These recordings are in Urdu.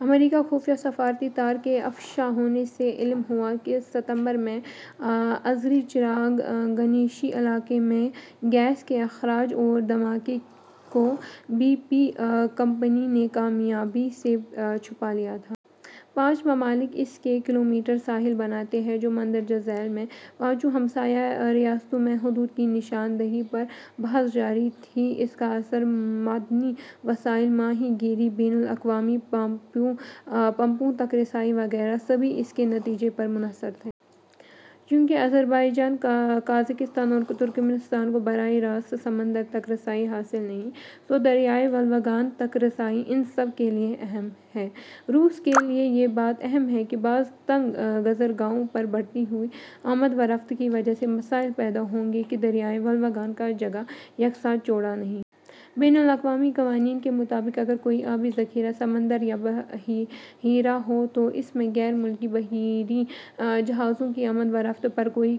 امریکی خفیہ سفارتی تار کے افشا ہونے سے علم ہوا کہ ستمبر میں آذری چراغ گنیشی علاقے میں گیس کے اخراج اور دھماکے کو بی پی کمپنی نے کامیابی سے چھپا لیا تھا۔ پانچ ممالک اس کے ، کلومیٹر ساحل بناتے ہیں جو مندرجہ ذیل ہیں: میں پانچوں ہمسائیہ ریاستوں میں حدود کی نشان دہی پر بحث جاری تھی۔ اس کا اثر معدنی وسائل ، ماہی گیری، بین الاقوامی پانیوں تک رسائی وغیرہ، سبھی اس کے نتیجے پر منحصر تھے۔ چونکہ آذربائیجان، قازقستان اور ترکمانستان کو براہ راست سمندر تک رسائی حاصل نہیں، سو دریائے وولگا تک رسائی ان سب کے لیے ا ہم ہے۔ روس کے لیے یہ بات اہم ہے کہ بعض تنگ گزرگاہوں پر بڑھتی ہوئی آمد و رفت کی وجہ سے مسائل پیدا ہوں گے کہ دریائے وولگا ہر جگہ یکساں چوڑا نہیں۔ بین الاقوامی قوانین کے مطابق اگر کوئی آبی ذخیرہ سمندر یا بحیرہ ہو تو اس میں غیر ملکی بحری جہازوں کی آمد و رفت پر کوئی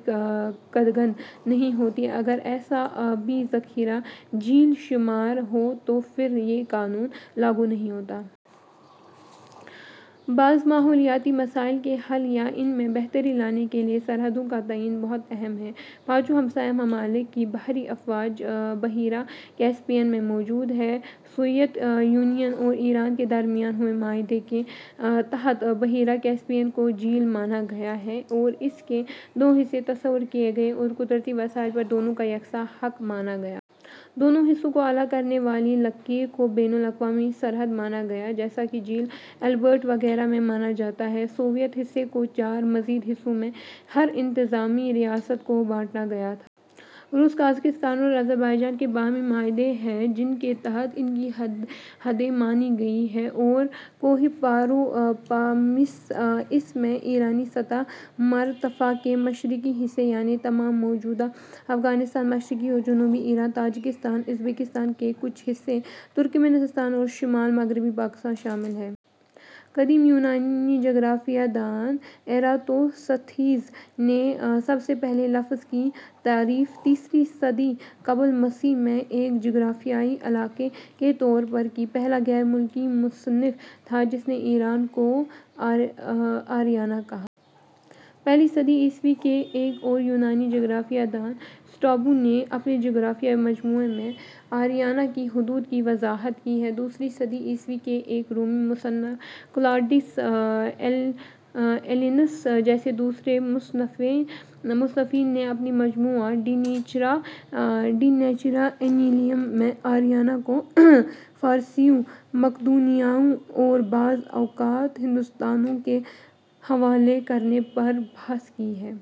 قدغن نہیں ہوتی۔ اگر ایسا آبی ذخیرہ جھیل شمار ہو تو پھر یہ قانون لاگو نہیں ہوتا۔ بعض ماحولیاتی مسائل کے حل یا ان میں بہتری لانے کے لیے سرحدوں کا تعین بہت اہم ہے۔ پانچوں ہمسایہ ممالک کی بحری افواج بحیرہ کیسپیئن میں موجود ہیں۔ سوویت یونین اور ایران کے درمیان ہوئے معاہدے کے تحت بحیرہ کیسپیئن کو جھیل مانا گیا ہے اور اس کے دو حصے تصور کیے گئے اور قدرتی وسائل پر دونوں کا یکساں حق مانا گیا۔ دونوں حصوں کو الگ کرنے والی لکیر کو بین الاقوامی سرحد مانا گیا جیسا کہ جھیل البرٹ وغیرہ میں مانا جاتا ہے۔ سوویت حصے کو چار مزید حصوں میں ہر انتظامی ریاست کو بانٹا گیا تھا۔ روس، قازقستان اور آذربائیجان کے باہمی معاہدے ہیں جن کے تحت ان کی حدیں مانی گئی ہیں۔ اور کوہ پاروپامیسس ۔ اس میں ایرانی سطح مرتفع کے مشرقی حصے، یعنی تمام موجودہ افغانستان ، مشرقی اور جنوبی ایران ، تاجکستان ، ازبکستان کے کچھ حصے، ترکمانستان اور شمال مغربی پاکستان شامل ہیں۔ قدیم یونانی جغرافیہ دان ایراتوستھینز نے سب سے پہلے لفظ ''' کی تعریف تیسری صدی قبل مسیح میں ایک جغرافیائی علاقے کے طور پر کی۔ پہلا غیر ملکی مصنف تھا جس نے ایران کو آریانا کہا۔ پہلی صدی عیسوی کے ایک اور یونانی جغرافیہ دان سٹرابو نے اپنے جغرافیائی مجموعہ میں آریانا کی حدود کی وضاحت کی ہے۔ دوسری صدی عیسوی کے ایک رومی مصنف کلاڈیئس ایلیئنس جیسے دوسرے مصنفین نے اپنے مجموعہ "ڈی نیچرا اینیلیم" میں آریانا کو فارسیوں، مقدونیائیوں اور بعض اوقات ہندوستانیوں کے حوالے کرنے پر بحث کی ہے۔